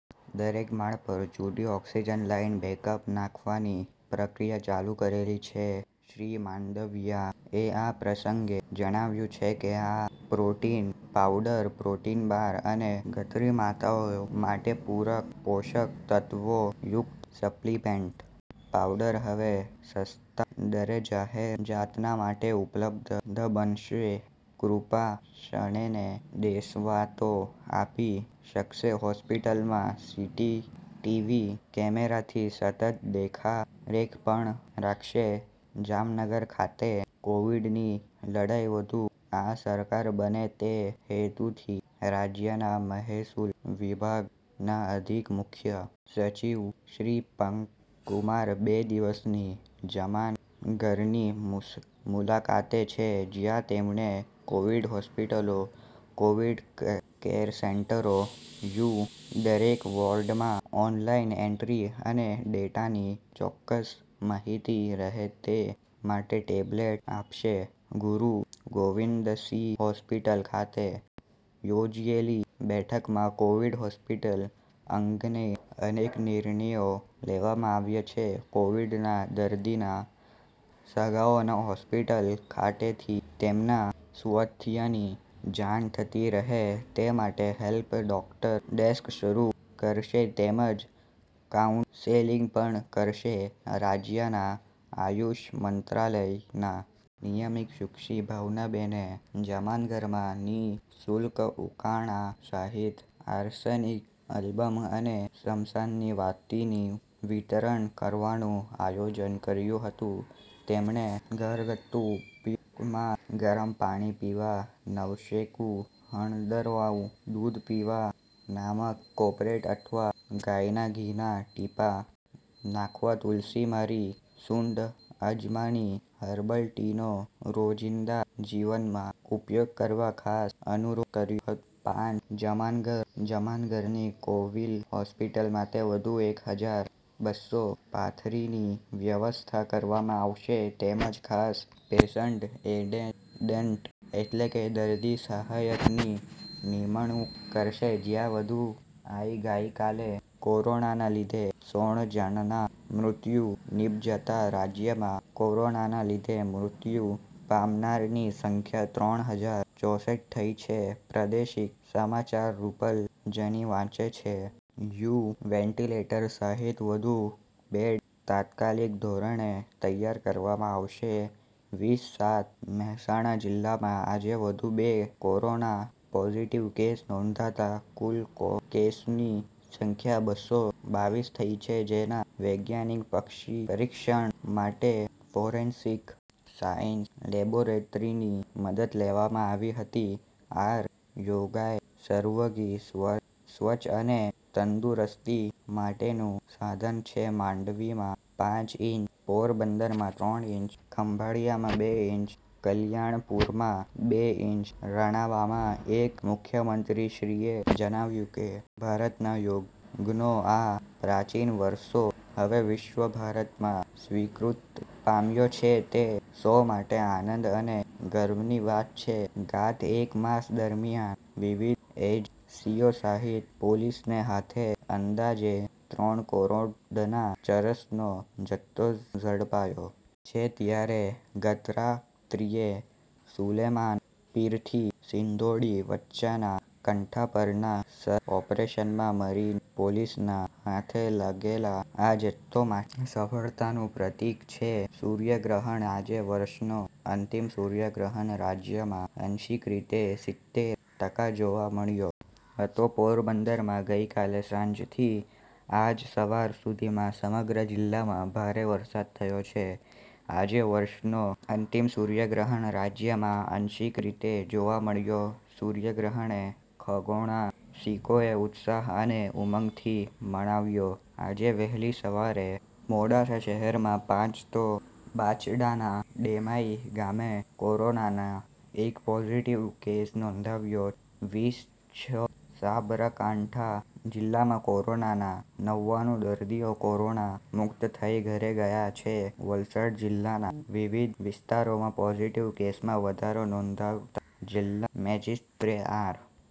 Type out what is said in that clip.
દરેક માળ પર જુદી ઓક્સીજન લાઈન બેકઅપ નાખવાની પ્રક્રિયા ચાલુ કરેલ છે શ્રી માંડવિયા એ આ પ્રસંગે જણાવ્યું છે કે આ પ્રોટીન પાવડર પ્રોટીનબાર અને ધાત્રી માતાઓ માટે પૂરક પોષક તત્વો યુક્ત સપ્લિમેન્ટ પાવડર હવે સસ્તા દરે જાહેરજનતા માટે ઉપલબ્ધબનશે અને કુપોષણને દેશવટો આપી શકાશે હોસ્પીટલમાં સીસીટીવી કેમેરાથી સતત દેખરેખ પણ રખાશે જામનગર ખાતે કોવિડની લડાઈ વધુ અસરકારક બને તે હેતુથી રાજ્યના મહેસૂલ વિભાગના અધિક મુખ્ય સચિવ શ્રી પંકજકુમાર બે દિવસની જામનગરની મુલાકાતે છે જ્યાં તેમણે કોવિડ હોસ્પીટલો કોવિડ કેર સેન્ટરો યુ દરેક વોર્ડમાં ઓનલાઈન એન્ટ્રી અને ડેટાની ચોક્કસ માહિતી રહે તે માટે ટેબલેટ અપાશે ગુર ગોવિંદસિંહ હોસ્પીટલ ખાતે યોજાયેલી બેઠકમાં કોવિડ હોસ્પીટલ અંગેના અનેક નિર્ણયો લેવામાં આવ્યા છે કોવિડના દર્દીના સગાઓને હોસ્પીટલ ખાતેથી તેમના સ્વાથ્યની જાણ થતી રહે તે માટે હેલ્પ ડેસ્ક શરૂ કરાશે તેમજ કાઉન્સેલિંગ પણ કરાશે રાજ્યના આયુષ મંત્રાલયના નિયામક સુશ્રી ભાવનાબેને જામનગરમાં નિઃશુલ્ક ઉકાળા સહિત આર્સેનિક આલ્બમ અને શમશની વટીનું વિતરણ કરવાનું આયોજન કર્યું હતું તેમણે ઘરગથ્થુ ઉપાયમાં ગરમ પાણી પીવા નવશેકું હળદરવાળું દૂધ પીવા નાકમાં કોપરેટ અથવા ગાયના ઘીના ટીપા નાખવા તુલસી મરી સૂંઠ અજમાની હર્બલ ટીનો રોજિંદા જીવનમાં ઉપયોગ કરવા ખાસ અનુરોધ કર્યો હતો પાંચ જામનગર જામનગરની કોવિલ હોસ્પિટલ માટે વધુ એક હજાર બસ્સો પથારીની વ્યવસ્થા કરવામાં આવશે તેમજ ખાસ પેશન્ટ એટેન્ડન્ટ એટલે કે દર્દી સહાયકની નિમણૂક કરાશે જ્યાં વધુ આઈ ગઈકાલે કોરોનાના લીધે સોળ જણાના મૃત્યુ નીપજતા રાજ્યમાં કોરોનાના લીધે મૃત્યુ પામનારની સંખ્યા ત્રણ હજાર ચોસઠ થઈ છે પ્રાદેશિક સમાચાર રૂપલ જાનિ વાંચે છે યુ વેન્ટીલેટર સહિત વધુ બેડ તાત્કાલિક ધોરણે તૈયાર કરવામાં આવશે વીસ સાત મહેસાણા જિલ્લામાં આજે વધુ બે કોરોના પોઝીટીવ કેસ નોંધાતા કુલ કેસોની સંખ્યા બસો બાવીસ થઇ છે જૈના વૈજ્ઞાનિક પરીક્ષણ માટે ફોરેન્સિક સાયન્સ લેબોરેટરીની મદદ લેવામાં આવી હતી આર યોગએ સર્વાગી સ્વાચ્ય અને તંદુરસ્તી માટેનું સાધન છે માંડવીમાં પાંચ ઇંચ પોરબંદરમાં ત્રણ ઇંચ ખંભાળિયામાં બે ઇંચ કલ્યાણપુરમાં બે ઇંચ રાણાવાવામાં એક મુખ્યમંત્રી શ્રીએ જણાવ્યું કે ભારતના યોગનો આ પ્રાચીન વારસો હવે વિશ્વભરમાં સ્વીકૃતિ પામ્યો છે તે સૌ માટે આનંદ અને ગર્વની વાત છે ગત એક માસ દરમિયાન વિવિધ એજન્સીઓ સહિત પોલીસને હાથે અંદાજે ત્રણ કરોડનાં ચરસનો જથ્થો છે ત્યારે ગતરાત્રિએ સુલેમાન પીરથી સિંઘોડી વચ્ચેના કાંઠા પરનાં સર્ચ ઓપરેશનમાં મરીન પોલીસના હાથે લાગેલો આ જથ્થો મોટી સફળતાનું પ્રતિક છે સૂર્યગ્રહણ આજે વર્ષનો અંતિમ સૂર્યગ્રહણ રાજ્યમાં આંશિક રીતે સિત્તેર ટકા જોવા મળ્યો હતો પોરબંદરમાં ગઇકાલે સાંજથી આજ સવાર સુધીમાં સમગ્ર જિલ્લામાં ભારે વરસાદ થયો છે આજે વર્ષનો અંતિમ સૂર્યગ્રહણ રાજ્યમાં આંશિક રીતે જોવા મળ્યો સૂર્યગ્રહણને ખગોળરસિકોએ ઉત્સાહ અને ઉમંગથી માણ્યો આજે વહેલી સવારે મોડાસા શહેરમાં પાંચ તો બાયડના ડેમાઈ ગામે કોરોનાનો એક પોઝિટિવ કેસ નોંધાયો છે વીસ છ સાબરકાંઠા જિલ્લામાં કોરોનાના નવ્વાણું દર્દીઓ કોરોના મુક્ત થઈ ઘરે ગયા છે વલસાડ જિલ્લાના વિવિધ વિસ્તારોમાં પોઝીટીવ કેસોમાં વધારો નોંધાતા જિલ્લા મેજીસ્ટ્રેટ આર।